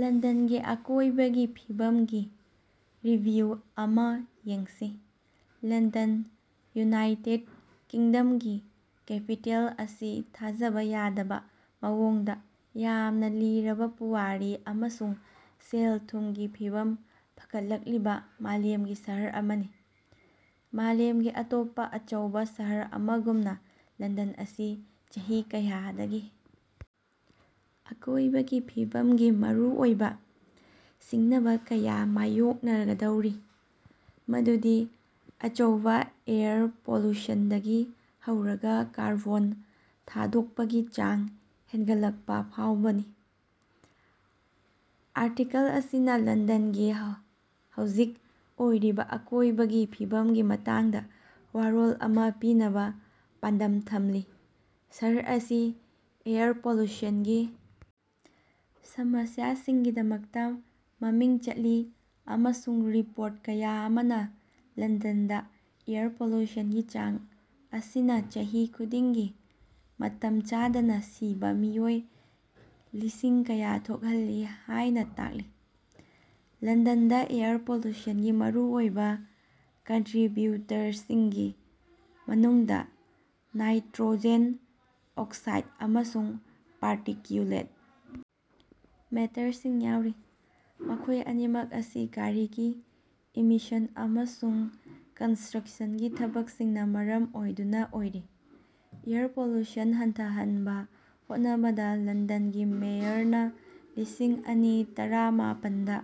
ꯂꯟꯗꯟꯒꯤ ꯑꯀꯣꯏꯕꯒꯤ ꯐꯤꯕꯝꯒꯤ ꯔꯤꯚꯤꯌꯨ ꯑꯃꯥ ꯌꯦꯡꯁꯤ꯫ ꯂꯟꯗꯟ ꯌꯨꯅꯥꯏꯇꯦꯗ ꯀꯤꯡꯗꯝꯒꯤ ꯀꯦꯄꯤꯇꯦꯜ ꯑꯁꯤ ꯊꯥꯖꯕꯥ ꯌꯥꯗꯕꯥ ꯃꯑꯣꯡꯗꯥ ꯌꯥꯝꯅꯥ ꯂꯤꯔꯕꯥ ꯄꯨꯋꯥꯔꯤ ꯑꯃꯁꯨꯡ ꯁꯦꯜ-ꯊꯨꯝꯒꯤ ꯐꯤꯚꯝ ꯐꯒꯠꯂꯛꯂꯤꯕꯥ ꯃꯥꯂꯦꯝꯒꯤ ꯁꯍꯔ ꯑꯃꯅꯤ꯫ ꯃꯥꯂꯦꯝꯒꯤ ꯑꯇꯣꯞꯄꯥ ꯑꯆꯧꯕꯥ ꯁꯍꯔ ꯑꯃꯒꯨꯝꯅꯥ, ꯂꯟꯗꯟ ꯑꯁꯤ ꯆꯍꯤ ꯀꯌꯥꯗꯒꯤ ꯑꯀꯣꯏꯕꯒꯤ ꯐꯤꯕꯝꯒꯤ ꯃꯔꯨꯑꯣꯏꯕꯥ ꯁꯤꯡꯅꯕꯥ ꯀꯌꯥ ꯃꯥꯌꯣꯛꯅꯒꯗꯧꯔꯤ, ꯃꯗꯨꯗꯤ ꯑꯆꯧꯕꯥ ꯑꯦꯌꯔ ꯄꯣꯂꯨꯁꯟꯗꯒꯤ ꯍꯧꯔꯒꯥ ꯀꯥꯔꯕꯣꯟ ꯊꯥꯗꯣꯛꯄꯒꯤ ꯆꯥꯡ ꯍꯦꯅꯒꯠꯂꯛꯄ ꯐꯥꯎꯕꯥꯅꯤ꯫ ꯑꯥꯔꯇꯤꯀꯜ ꯑꯁꯤꯅꯥ ꯂꯟꯗꯟꯒꯤ ꯍꯧꯖꯤꯛ ꯑꯣꯏꯔꯤꯕꯥ ꯑꯀꯣꯏꯕꯒꯤ ꯐꯤꯕꯝꯒꯤ ꯃꯇꯥꯡꯗꯥ ꯋꯥꯔꯣꯜ ꯑꯃꯥ ꯄꯤꯅꯕꯥ ꯄꯥꯟꯗꯝ ꯊꯝꯂꯤ꯫ ꯁꯍꯔ ꯑꯁꯤ ꯑꯦꯌꯔ ꯄꯣꯂꯨꯁꯟꯒꯤ ꯁꯃꯁ꯭ꯌꯥꯁꯤꯡꯒꯤꯗꯃꯛꯇꯥ ꯃꯃꯤꯡ ꯆꯠꯂꯤ ꯑꯃꯁꯨꯡ ꯔꯤꯄꯣꯔꯠ ꯀꯌꯥ ꯑꯃꯅꯥ ꯂꯟꯗꯟꯗꯥ ꯑꯦꯌꯔ ꯄꯣꯂꯨꯁꯟꯒꯤ ꯆꯥꯡ ꯑꯁꯤꯅꯥ ꯆꯍꯤ ꯈꯨꯗꯤꯡꯒꯤ ꯃꯇꯝ ꯆꯥꯗꯅꯥ ꯁꯤꯕꯥ ꯃꯤꯑꯣꯏ ꯂꯤꯁꯤꯡ ꯀꯌꯥ ꯊꯣꯛꯍꯜꯂꯤ ꯍꯥꯏꯅꯥ ꯇꯥꯛꯂꯤ꯫ ꯂꯟꯗꯟꯗꯥ ꯑꯦꯌꯔ ꯄꯣꯂꯨꯁꯟꯒꯤ ꯃꯔꯨꯑꯣꯏꯕꯥ ꯀꯟꯇ꯭ꯔꯤꯕ꯭ꯌꯨꯇꯔꯁꯤꯡꯒꯤ ꯃꯅꯨꯡꯗꯥ ꯅꯥꯏꯇ꯭ꯔꯣꯖꯦꯟ ꯑꯣꯛꯁꯥꯏꯗ ꯑꯃꯁꯨꯡ ꯄꯥꯔꯇꯤꯀ꯭ꯌꯨꯂꯦꯠ ꯃꯦꯇꯔꯁꯤꯡ ꯌꯥꯎꯔꯤ, ꯃꯈꯣꯏ ꯑꯅꯤꯃꯛ ꯑꯁꯤ ꯒꯥꯔꯤꯒꯤ ꯏꯃꯤꯁꯟ ꯑꯃꯁꯨꯡ ꯀꯟꯁꯇ꯭ꯔꯛꯁꯟꯒꯤ ꯊꯕꯛꯁꯤꯡꯅꯥ ꯃꯔꯝ ꯑꯣꯏꯗꯨꯅꯥ ꯑꯣꯏꯔꯤ꯫ ꯑꯦꯌꯔ ꯄꯣꯂꯨꯁꯟ ꯍꯟꯊꯍꯟꯅꯕꯥ ꯍꯣꯠꯅꯕꯗꯥ ꯂꯟꯗꯟꯒꯤ ꯃꯦꯌꯔꯅꯥ ꯂꯤꯁꯤꯡ ꯑꯅꯤ ꯇꯔꯃꯥꯄꯟꯗꯥ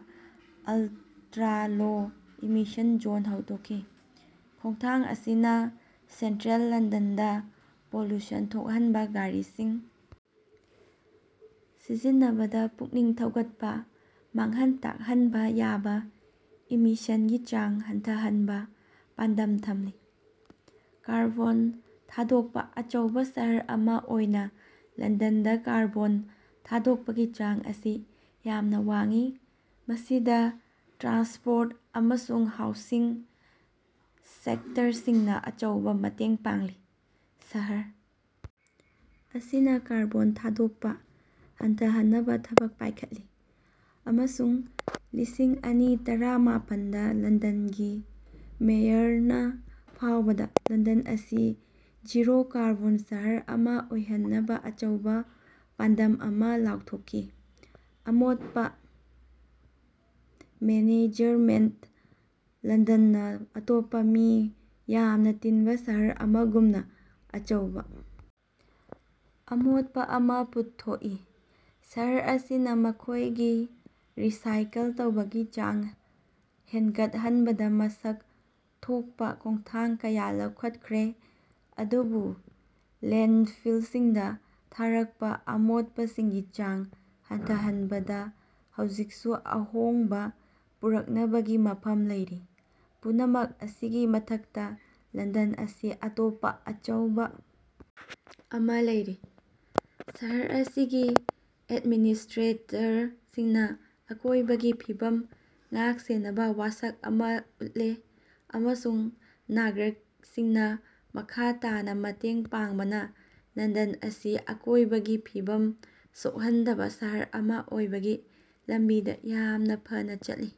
ꯑꯜꯇ꯭ꯔꯥ-ꯂꯣ ꯏꯃꯤꯁꯟ ꯖꯣꯟ ꯍꯧꯗꯣꯛꯈꯤ, ꯈꯣꯡꯊꯥꯡ ꯑꯁꯤꯅꯥ ꯁꯦꯟꯇ꯭ꯔꯦꯜ ꯂꯟꯗꯟꯗꯥ ꯄꯣꯂꯨꯁꯟ ꯊꯣꯛꯍꯟꯕꯥ ꯒꯥꯔꯤꯁꯤꯡ ꯁꯤꯖꯤꯟꯅꯕꯗꯥ ꯄꯨꯛꯅꯤꯡ ꯊꯧꯒꯠꯄꯥ, ꯃꯥꯡꯍꯟ ꯇꯥꯛꯍꯟꯕꯥ ꯌꯥꯕꯥ ꯏꯃꯤꯁꯟꯒꯤ ꯆꯥꯡ ꯍꯟꯊꯍꯟꯅꯕꯥ ꯄꯥꯟꯗꯝ ꯊꯝꯂꯤ꯫ ꯀꯥꯔꯕꯣꯟ ꯊꯥꯗꯣꯛꯄꯥ ꯑꯆꯧꯕꯥ ꯁꯍꯔ ꯑꯃꯥ ꯑꯣꯏꯅꯥ ꯂꯟꯗꯟꯗꯥ ꯀꯥꯔꯕꯣꯟ ꯊꯥꯗꯣꯛꯄꯒꯤ ꯆꯥꯡ ꯑꯁꯤ ꯌꯥꯝꯅꯥ ꯋꯥꯡꯏ, ꯃꯁꯤꯗꯥ ꯇ꯭ꯔꯥꯟꯁꯄꯣꯔꯠ ꯑꯃꯁꯨꯡ ꯍꯥꯎꯁꯤꯡ ꯁꯦꯛꯇꯔꯁꯤꯡꯅꯥ ꯑꯆꯧꯕꯥ ꯃꯇꯦꯡ ꯄꯥꯡꯂꯤ꯫ ꯁꯍꯔ ꯑꯁꯤꯅꯥ ꯀꯥꯔꯕꯣꯟ ꯊꯥꯗꯣꯛꯄꯥ ꯍꯟꯊꯍꯟꯅꯕꯥ ꯊꯕꯛ ꯄꯥꯏꯈꯠꯂꯤ ꯑꯃꯁꯨꯡ ꯂꯤꯁꯤꯡ ꯑꯅꯤ ꯇꯔꯃꯥꯄꯟꯗꯥ ꯂꯟꯗꯟꯒꯤ ꯃꯦꯌꯔꯅꯥ ꯐꯥꯎꯕꯗꯥ ꯂꯟꯗꯟ ꯑꯁꯤ ꯖꯤꯔꯣ-ꯀꯥꯔꯕꯣꯟ ꯁꯍꯔ ꯑꯃꯥ ꯑꯣꯏꯍꯟꯅꯕꯥ ꯑꯆꯧꯕꯥ ꯄꯥꯟꯗꯝ ꯑꯃꯥ ꯂꯥꯎꯊꯣꯛꯈꯤ, ꯑꯃꯣꯠꯄꯥ ꯃꯦꯅꯦꯖꯃꯦꯟꯇ ꯂꯟꯗꯅꯅꯥ ꯑꯇꯣꯞꯄꯥ ꯃꯤ ꯌꯥꯝꯅꯥ ꯇꯤꯟꯕꯥ ꯁꯍꯔ ꯑꯃꯒꯨꯝꯅꯥ ꯑꯆꯧꯕꯥ ꯑꯃꯣꯠꯄꯥ ꯑꯃꯥ ꯄꯨꯊꯣꯛꯏ꯫ ꯁꯍꯔ ꯑꯁꯤꯅꯥ ꯃꯈꯣꯏꯒꯤ ꯔꯤꯁꯥꯏꯀꯜ ꯇꯧꯕꯒꯤ ꯆꯥꯡ ꯍꯦꯟꯒꯠꯍꯟꯕꯗꯥ ꯃꯁꯛ ꯊꯣꯛꯄꯥ ꯈꯣꯡꯊꯥꯡ ꯀꯌꯥ ꯂꯧꯈꯠꯈ꯭ꯔꯦ, ꯑꯗꯨꯕꯨ ꯂꯦꯟꯗꯐꯤꯜꯁꯤꯡꯗꯥ ꯊꯥꯔꯛꯄꯥ ꯑꯃꯣꯠꯄꯁꯤꯡꯒꯤ ꯆꯥꯡ ꯍꯟꯊꯍꯟꯕꯗꯥ ꯍꯧꯖꯤꯛꯁꯨ ꯑꯍꯣꯡꯕꯥ ꯄꯨꯔꯛꯅꯕꯒꯤ ꯃꯐꯝ ꯂꯩꯔꯤ꯫ ꯄꯨꯝꯅꯃꯛ ꯑꯁꯤꯒꯤ ꯃꯊꯛꯇꯥ, ꯂꯟꯗꯟ ꯑꯁꯤ ꯑꯇꯣꯞꯄꯥ ꯑꯆꯧꯕꯥ ꯑꯃꯥ ꯂꯩꯔꯤ꯫ ꯁꯍꯔ ꯑꯁꯤꯒꯤ ꯑꯦꯗꯃꯤꯅꯤꯁꯇ꯭ꯔꯦꯇꯔꯁꯤꯡꯅꯥ ꯑꯀꯣꯏꯕꯒꯤ ꯐꯤꯕꯝ ꯉꯥꯛ-ꯁꯦꯟꯅꯕꯥ ꯋꯥꯁꯛ ꯑꯃꯥ ꯎꯠꯂꯦ ꯑꯃꯁꯨꯡ ꯅꯥꯒꯔꯤꯛꯁꯤꯡꯅꯥ ꯃꯈꯥ ꯇꯥꯅꯥ ꯃꯇꯦꯡ ꯄꯥꯡꯕꯅꯥ ꯂꯟꯗꯟ ꯑꯁꯤ ꯑꯀꯣꯏꯕꯒꯤ ꯐꯤꯕꯝ ꯁꯣꯛꯍꯟꯗꯕꯥ ꯁꯍꯔ ꯑꯃꯥ ꯑꯣꯏꯕꯒꯤ ꯂꯝꯕꯤꯗꯥ ꯌꯥꯝꯅꯥ ꯐꯅꯥ ꯆꯠꯂꯤ꯫